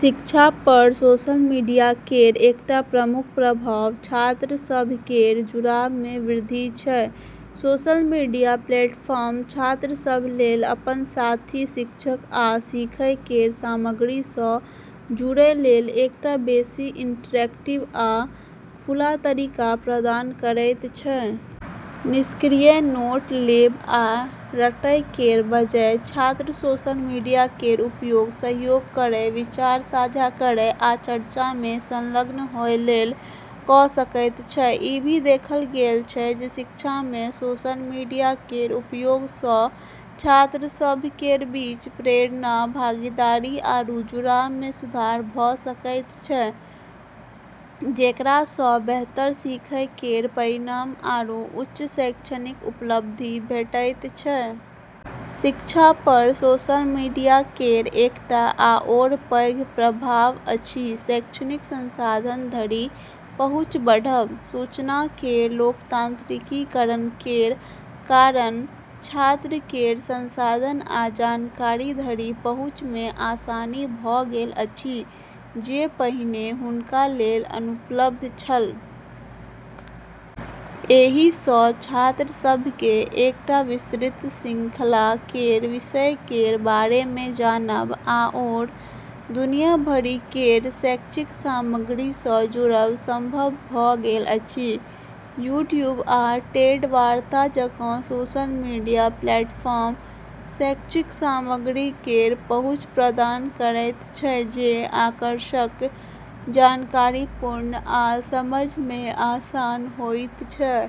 शिक्षा पर social media केर एकटा प्रमुख प्रभाव छात्र सभ केर जुड़ाव मे वृद्धि छै। सोशल मीडिया प्लेटफॉर्म छात्र सभ लेल अपन साथी, शिक्षक आ सीखै केर सामग्री सँ जुड़ै लेल एकटा बेसी इंटरैक्टिव आ खुला तरीका प्रदान करैत छै। निष्क्रिय नोट लेब आ रटै केर बजाय छात्र सोशल मीडिया केर उपयोग सहयोग करै, विचार साझा करै आ चर्चा मे संलग्न होए लेल कऽ सकैत छै। ई भी देखल गेल छै जे शिक्षा मे सोशल मीडिया केर उपयोग सँ छात्र सभ केर बीच प्रेरणा, भागीदारी आरू जुड़ाव मे सुधार भऽ सकैत छै, जेकरा सँ बेहतर सीखै केर परिणाम आरू उच्च शैक्षणिक उपलब्धि भेटैत छै। शिक्षा पर सोशल मीडिया केर एकटा आओर पैघ प्रभाव अछि शैक्षणिक संसाधन धरि पहुँच बढ़ब। सूचना केर लोकतांत्रिकीकरण केर कारण छात्र केर संसाधन आ जानकारी धरि पहुँच मे आसानी भऽ गेल अछि जे पहिने हुनका लेल अनुपलब्ध छल। एहि सँ छात्र सभ केँ एकटा विस्तृत श्रृंखला केर विषय केर बारे मे जानब आओर दुनिया भरि केर शैक्षिक सामग्री सँ जुड़ब संभव भऽ गेल अछि। यूट्यूब आ टेड वार्ता जकाँ सोशल मीडिया प्लेटफॉर्म शैक्षिक सामग्री केर पहुँच प्रदान करैत छै जे आकर्षक, जानकारीपूर्ण आ समझ मे आसान होइत छै।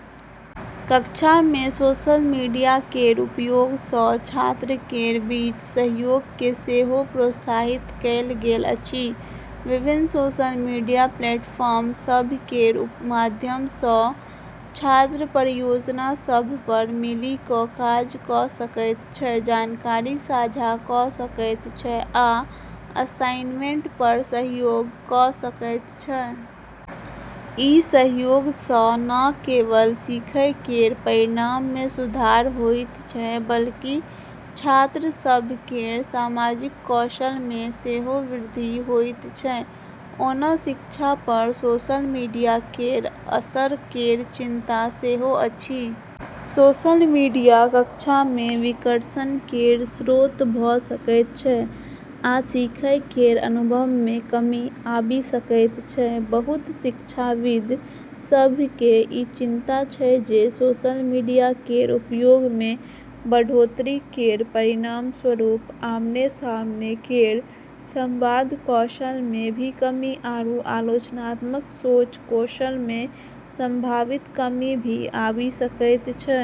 कक्षा मे सोशल मीडिया केर उपयोग सँ छात्र केर बीच सहयोग केँ सेहो प्रोत्साहित कएल गेल अछि। विभिन्न सोशल मीडिया प्लेटफॉर्म सभ केर माध्यम सँ छात्र परियोजना सभ पर मिलि कऽ काज कऽ सकैत छै, जानकारी साझा कऽ सकैत छै आ असाइनमेंट पर सहयोग कऽ सकैत छै। ई सहयोग सँ न केवल सीखै केर परिणाम मे सुधार होइत छै बल्कि छात्र सभ केर सामाजिक कौशल मे सेहो वृद्धि होइत छै। ओना शिक्षा पर सोशल मीडिया केर असर केर चिंता सेहो अछि। सोशल मीडिया कक्षा मे विकर्षण केर स्रोत भऽ सकैत छै आ सीखै केर अनुभव मे कमी आबि सकैत छै। बहुत शिक्षाविद सभ केँ ई चिंता छै जे सोशल मीडिया केर उपयोग मे बढ़ोत्तरी केर परिणामस्वरूप आमने-सामने केर संवाद कौशल मे भी कमी आरू आलोचनात्मक सोच कौशल मे संभावित कमी भी आबि सकैत छै।